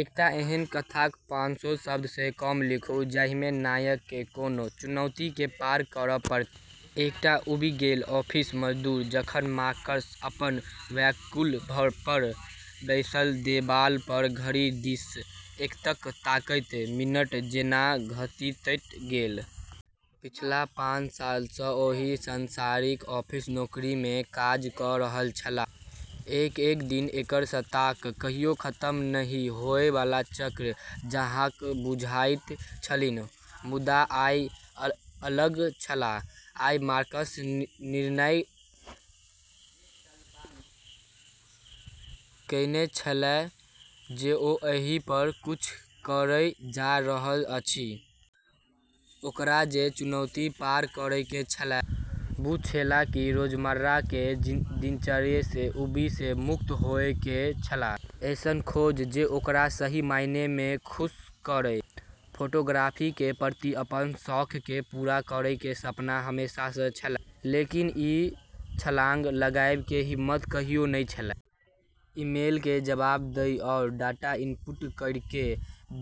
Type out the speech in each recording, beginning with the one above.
एकटा एहन लघुकथा पानसौ शब्द सँ कम लिखू जाहि मे नायक केँ कोनो चुनौती केँ पार करय पड़तैक, एकटा ऊब गेल ऑफिसक मजदूर जखन मार्कस अपन क्यूबिकल पर बैसल, देबाल पर घड़ी दिस एकटक तकैत, मिनट जेना घसीटैत गेल। पिछला पाँच साल सॅं ओही सांसारिक ऑफिसक नौकरी मे काज क रहल छलाह आ एक-एक दिन एकरसताक कहियो खत्म नहि होमय बला चक्र जकाँ बुझाइत छलनि। मुदा आइ अलग छल, आइ मार्कस निर्णय कएने छल जे ओ एहि पर किछु करय जा रहल अछि। ओकरा जे चुनौती पार करै के छेलै, वू छेलै कि रोजमर्रा के दिनचर्या के ऊब सें मुक्त होय के कुछ ऐसनऽ खोजै जे ओकरा सही मायने में खुश करै। फोटोग्राफी के प्रति अपनऽ शौक के पूरा करै के सपना हमेशा स॑ छेलै, लेकिन ई छलांग लगाबै के हिम्मत कहियो नै छेलै। ईमेल के जवाब दै आरू डाटा इनपुट करै के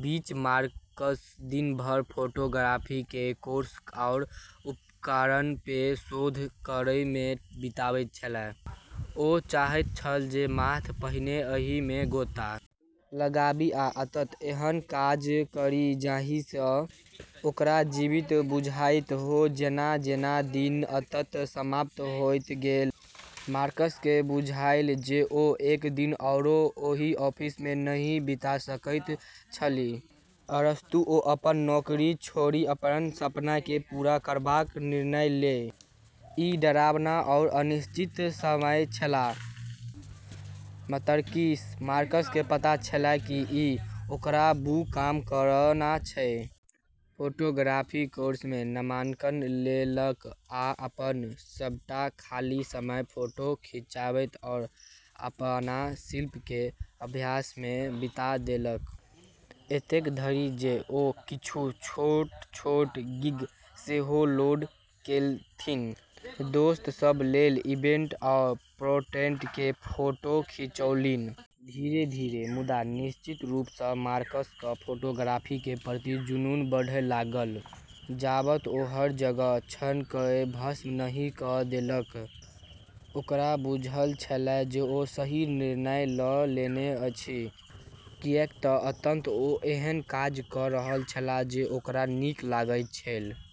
बीच मार्कस दिन भर फोटोग्राफी के कोर्स आरू उपकरणऽ पे शोध करै मे बिताबै छेलै। ओ चाहैत छल जे माथ पहिने एहि मे गोता लगाबी आ अंतत एहन काज करी जाहि सँ ओकरा जीवित बुझाइत हो जेना-जेना दिन अंततः समाप्त होइत गेलै, मार्कस के बुझायल जे ओ एक दिन आओर ओहि ऑफिस मे नहि बिता सकैत अछि, अस्तु ओ अपन नौकरी छोड़ि अपन सपना के पूरा करबाक निर्णय लेलनि, ई डरावना आरू अनिश्चित समय छेलै, मतरकि मार्कस के पता छेलै कि ई ओकरा वू काम करना छै। फोटोग्राफी कोर्स में नामांकन लेलक आ अपन सबटा खाली समय फोटो खिंचबैत आ अपन शिल्प के अभ्यास में बिता देलक, एतेक धरि जे ओ किछु छोट-छोट गिग सेहो लैंड केलथि, दोस्त सब लेल इवेंट आ पोट्रेट के फोटो खिंचौलनि। धीरे-धीरे मुदा निश्चित रूप स मार्कस क फोटोग्राफी क प्रति जुनून बढ़य लागल, जाबत ओ हर जागल क्षण कए भस्म नहि क देलक। ओकरा बुझल छलैक जे ओ सही निर्णय ल लेने अछि, किएक त अंततः ओ एहन काज क रहल छल जे ओकरा नीक लगैत छलैक।